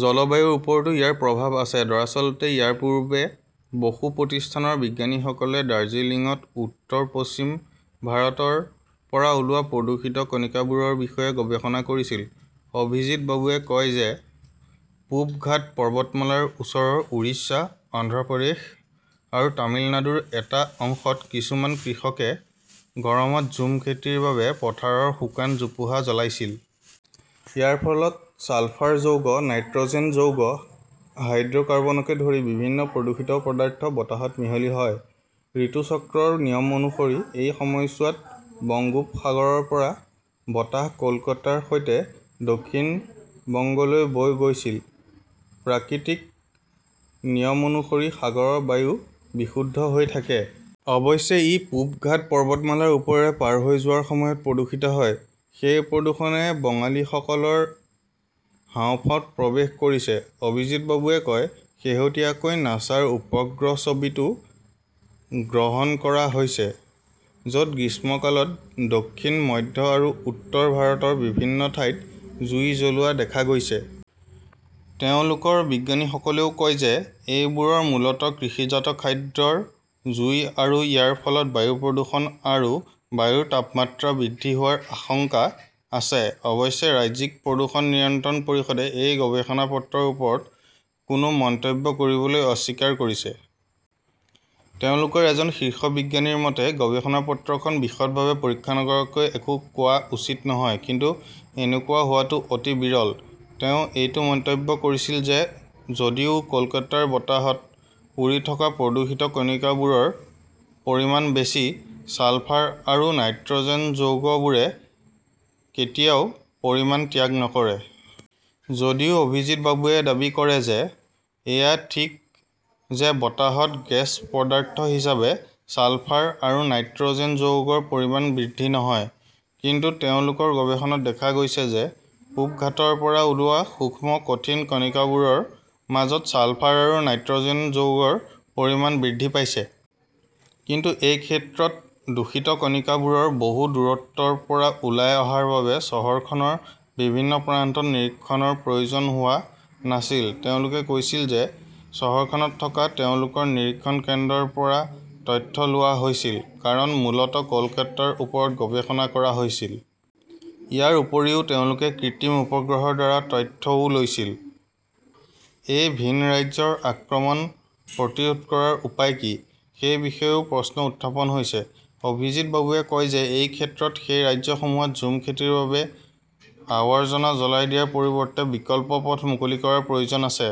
জলবায়ুৰ ওপৰতো ইয়াৰ প্ৰভাৱ আছে। দৰাচলতে, ইয়াৰ পূৰ্বে বসু প্ৰতিষ্ঠানৰ বিজ্ঞানীসকলে দাৰ্জিলিংত উত্তৰ-পশ্চিম ভাৰতৰ পৰা ওলোৱা প্ৰদূষিত কণিকাবোৰৰ বিষয়ে গৱেষণা কৰিছিল। অভিজিৎ বাবুৱে কয় যে, পূব ঘাট পৰ্বতমালাৰ ওচৰৰ উৰিষ্যা, অন্ধ্ৰ প্ৰদেশ আৰু তামিলনাডুৰ এটা অংশত কিছুমান কৃষকে গৰমত ঝুম খেতিৰ বাবে পথাৰৰ শুকান জোপোহা জ্বলাইছিল। ইয়াৰ ফলত ছালফাৰ যৌগ, নাইট্ৰ'জেন যৌগ, হাইড্ৰ'কাৰ্বনকে ধৰি বিভিন্ন প্ৰদূষিত পদাৰ্থ বতাহত মিহলি হয়। ঋতুচক্ৰৰ নিয়ম অনুসৰি এই সময়ছোৱাত বংগোপ সাগৰৰ পৰা বতাহ কলকাতাৰ সৈতে দক্ষিণ বংগলৈ বৈ গৈছিল। "প্ৰাকৃতিক নিয়ম অনুসৰি সাগৰৰ বায়ু বিশুদ্ধ হৈ থাকে। অৱশ্যে, ই পূব ঘাট পৰ্বতমালাৰ ওপৰেৰে পাৰ হৈ যোৱাৰ সময়ত প্ৰদূষিত হয়। সেই প্ৰদূষণে বঙালীসকলৰ হাঁওফাঁওত প্ৰৱেশ কৰিছে", অভিজিৎ বাবুৱে কয়। শেহতীয়াকৈ নাছাৰ উপগ্ৰহ ছবিতো গ্ৰহণ কৰা হৈছে, য'ত গ্ৰীষ্মকালত দক্ষিণ, মধ্য আৰু উত্তৰ ভাৰতৰ বিভিন্ন ঠাইত জুই জ্বলোৱা দেখা গৈছে। তেওঁলোকৰ বিজ্ঞানীসকলেও কয় যে, এইবোৰ মূলতঃ কৃষিজাত খাদ্যৰ জুই আৰু ইয়াৰ ফলত বায়ু প্ৰদূষণ আৰু বায়ুৰ তাপমাত্ৰা বৃদ্ধি হোৱাৰ আশংকা আছে। অৱশ্যে ৰাজ্যিক প্ৰদূষণ নিয়ন্ত্ৰণ পৰিষদে এই গৱেষণা পত্ৰৰ ওপৰত কোনো মন্তব্য কৰিবলৈ অস্বীকাৰ কৰিছে। তেওঁলোকৰ এজন শীৰ্ষ বিজ্ঞানীৰ মতে, "গৱেষণা পত্ৰখন বিশদভাৱে পৰীক্ষা নকৰাকৈ একো কোৱা উচিত নহয়। কিন্তু এনেকুৱা হোৱাটো অতি বিৰল"। তেওঁ এইটোও মন্তব্য কৰিছিল যে, যদিও কলকাতাৰ বতাহত উৰি থকা প্ৰদূষিত কণিকাবোৰৰ পৰিমাণ বেছি, ছালফাৰ আৰু নাইট্ৰ'জেন যৌগবোৰে কেতিয়াও পৰিমাণ ত্যাগ নকৰে। যদিও অভিজিৎ বাবুৱে দাবী কৰে যে, এয়া ঠিক যে বতাহত গেছ পদাৰ্থ হিচাপে ছালফাৰ আৰু নাইট্ৰ'জেন যৌগৰ পৰিমাণ বৃদ্ধি নহয়। কিন্তু তেওঁলোকৰ গৱেষণাত দেখা গৈছে যে, পূব ঘাটৰ পৰা ওলোৱা সূক্ষ্ম কঠিন কণিকাবোৰৰ মাজত ছালফাৰ আৰু নাইট্ৰ'জেন যৌগৰ পৰিমাণ বৃদ্ধি পাইছে। কিন্তু এই ক্ষেত্ৰত দূষিত কণিকাবোৰ বহু দূৰত্বৰ পৰা ওলাই অহাৰ বাবে চহৰখনৰ বিভিন্ন প্ৰান্তত নিৰীক্ষণৰ প্ৰয়োজন হোৱা নাছিল। তেওঁলোকে কৈছিল যে, চহৰখনত থকা তেওঁলোকৰ নিৰীক্ষণ কেন্দ্ৰৰ পৰা তথ্য লোৱা হৈছিল, কাৰণ মূলতঃ কলকাতাৰ ওপৰত গৱেষণা কৰা হৈছিল। ইয়াৰ উপৰিও তেওঁলোকে কৃত্ৰিম উপগ্ৰহৰ দ্বাৰা তথ্যও লৈছিল। এই ভিন ৰাজ্যৰ আক্ৰমণ প্ৰতিৰোধ কৰাৰ উপায় কি, সেই বিষয়েও প্ৰশ্ন উত্থাপন হৈছে। অভিজিৎ বাবুৱে কয় যে, এই ক্ষেত্ৰত সেই ৰাজ্যসমূহত ঝুম খেতিৰ বাবে আৱৰ্জনা জ্বলাই দিয়াৰ পৰিৱৰ্তে বিকল্প পথ মুকলি কৰাৰ প্ৰয়োজন আছে।